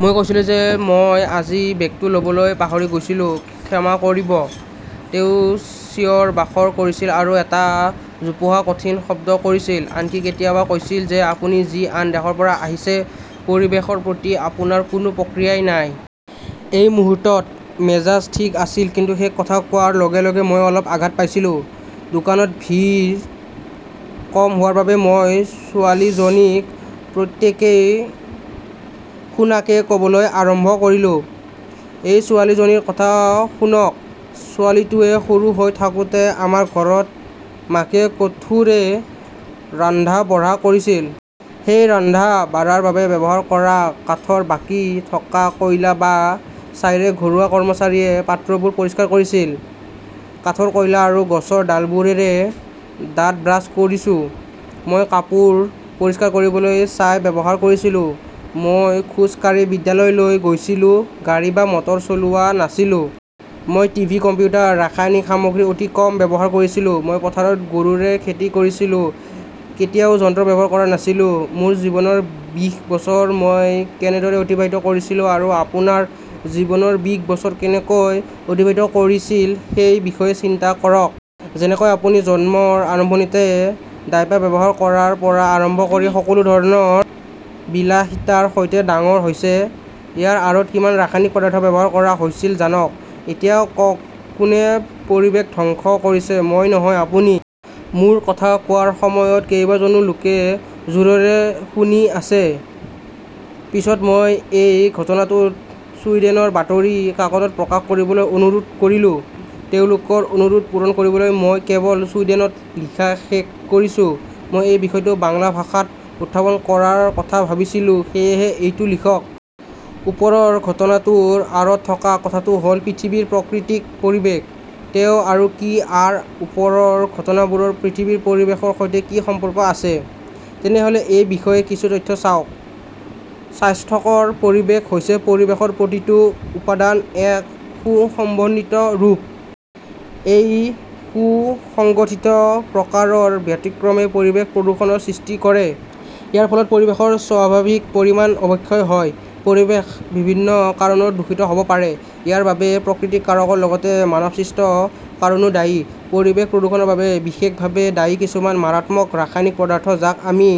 মই কৈছিলো যে মই আজি বেগটো লবলৈ পাহৰি গৈছিলো, ক্ষমা কৰিব। তেওঁ চিঞৰ-বাখৰ কৰিছিল আৰু এটা জোপোহা কঠিন শব্দ কৰিছিল। আনকি কেতিয়াবা কৈছিল যে আপুনি যি আন দেশৰ পৰা আহিছে, পৰিৱেশৰ প্ৰতি আপোনাৰ কোনো প্ৰতিক্ৰিয়া নাই। এই মুহূৰ্তত মেজাজ ঠিক আছিল কিন্তু শেষ কথা কোৱাৰ লগে লগে মই অলপ আঘাত পাইছিলো। দোকানত ভিৰ কম হোৱাৰ বাবে মই ছোৱালীজনীক প্ৰত্যেকেই শুনাকে কবলৈ আৰম্ভ কৰিলো। এই ছোৱালীজনীৰ কথা শুনক, ছোৱালীটোৱে সৰু হৈ থাকোতে আমাৰ ঘৰত মাকে কাঠৰে ৰন্ধা-বঢ়া কৰিছিল। সেই ৰন্ধা-বঢ়াৰ বাবে ব্যৱহাৰ কৰা কাঠৰ বাকী থকা কয়লা বা ছাইৰে ঘৰুৱা কৰ্মচাৰীয়ে পাত্ৰবোৰ পৰিষ্কাৰ কৰিছিল। কাঠৰ কয়লা আৰু গছৰ ডালবোৰেৰে দাঁত ব্ৰাছ কৰিছো। মই কাপোৰ পৰিষ্কাৰ কৰিবলৈ ছাই ব্যৱহাৰ কৰিছিলো। মই খোজ কাঢ়ি বিদ্যালয়লৈ গৈছিলো, গাড়ী বা মটৰ চলোৱা নাছিলো। মই টি.ভি., কম্পিউটাৰ, ৰাসায়নিক সামগ্ৰীৰ অতি কম ব্যৱহাৰ কৰিছিলো। মই পথাৰত গৰুৰে খেতি কৰিছিলো, কেতিয়াও যন্ত্ৰ ব্যৱহাৰ কৰা নাছিলো। মোৰ জীৱনৰ বিশ বছৰ মই কেনেদৰে অতিবাহিত কৰিছিলো আৰু আপোনাৰ জীৱনৰ বিশ বছৰ কেনেকৈ অতিবাহিত কৰিছিল সেই বিষয়ে চিন্তা কৰক। যেনেকৈ আপুনি জন্মৰ আৰম্ভণিতে ডায়েপাৰ ব্যৱহাৰ কৰাৰ পৰা আৰম্ভ কৰি সকলো ধৰণৰ বিলাসিতাৰ সৈতে ডাঙৰ হৈছে। ইয়াৰ আঁৰত কিমান ৰাসায়নিক পদাৰ্থ ব্যৱহাৰ কৰা হৈছিল জানক? এতিয়া কওক কোনে পৰিৱেশ ধ্বংস কৰিছে, মই নহয় আপুনি? মোৰ কথা কোৱাৰ সময়ত কেইবাজনো লোক জোৰেৰে শুনি আছে। পিছত মই এই ঘটনাটো ছুইডেনৰ বাতৰি কাকতত প্ৰকাশ কৰিবলৈ অনুৰোধ কৰিলো। তেওঁলোকৰ অনুৰোধ পূৰণ কৰিবলৈ মই কেৱল ছুইডেনত লিখা শেষ কৰিছো। মই এই বিষয়টো বাংলা ভাষাতো উত্থাপন কৰাৰ কথা ভাবিছিলো, সেয়েহে এইটো লিখক। ওপৰৰ ঘটনাটোৰ আঁৰত থকা কথাটো হ'ল পৃথিৱীৰ প্ৰাকৃতিক পৰিৱেশ। তেওঁ আৰু কি আৰু ওপৰৰ ঘটনাবোৰৰ পৃথিৱীৰ পৰিৱেশৰ সৈতে কি সম্পৰ্ক আছে? তেনেহ'লে এই বিষয়ে কিছু তথ্য চাওক। স্বাস্থ্যকৰ পৰিৱেশ হৈছে পৰিৱেশৰ প্ৰতিটো উপাদানৰ এক সু-সমন্বিত ৰূপ। এই সুসংগঠিত প্ৰকাৰৰ ব্যতিক্ৰমে পৰিৱেশ প্ৰদূষণৰ সৃষ্টি কৰে। ইয়াৰ ফলত পৰিৱেশৰ স্বাভাৱিক পৰিমাণৰ অৱক্ষয় হয়। পৰিৱেশ বিভিন্ন কাৰণত দূষিত হ'ব পাৰে। ইয়াৰ বাবে প্ৰাকৃতিক কাৰকৰ লগতে মানৱসৃষ্ট কাৰণো দায়ী। পৰিৱেশ প্ৰদূষণৰ বাবে বিশেষভাৱে দায়ী কিছুমান মাৰাত্মক ৰাসায়নিক পদাৰ্থ যাক আমি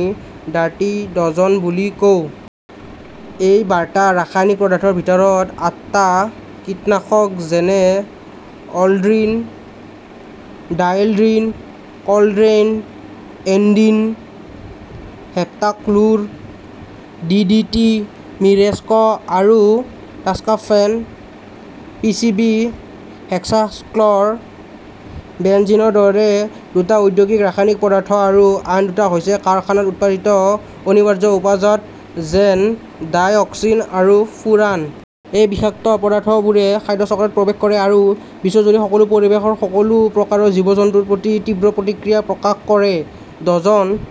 "ডাৰ্টি ডজন" বুলি কওঁ। এই বাৰটা ৰাসায়নিক পদাৰ্থৰ ভিতৰত আঠটা কীটনাশক যেনে aldrin, dieldrin, chlordane, endrin, heptachlor, DDT, mirex, আৰু টক্সাফেন। পিচিবি, হেক্সাক্ল'ৰ বেনজিনৰ দৰে দুটা ঔদ্যোগিক ৰাসায়নিক পদাৰ্থ আৰু আন দুটা হৈছে কাৰখানাত উৎপাদিত অনিবাৰ্য উপজাত যেনে ডাইঅক্সিন আৰু ফুৰান। এই বিষাক্ত পদাৰ্থবোৰে খাদ্য চক্ৰত প্ৰৱেশ কৰে আৰু বিশ্বজুৰি সকলো পৰিৱেশৰ সকলো প্ৰকাৰৰ জীৱ-জন্তুৰ প্ৰতি তীব্ৰ প্ৰতিক্ৰিয়া প্ৰকাশ কৰে। ডজন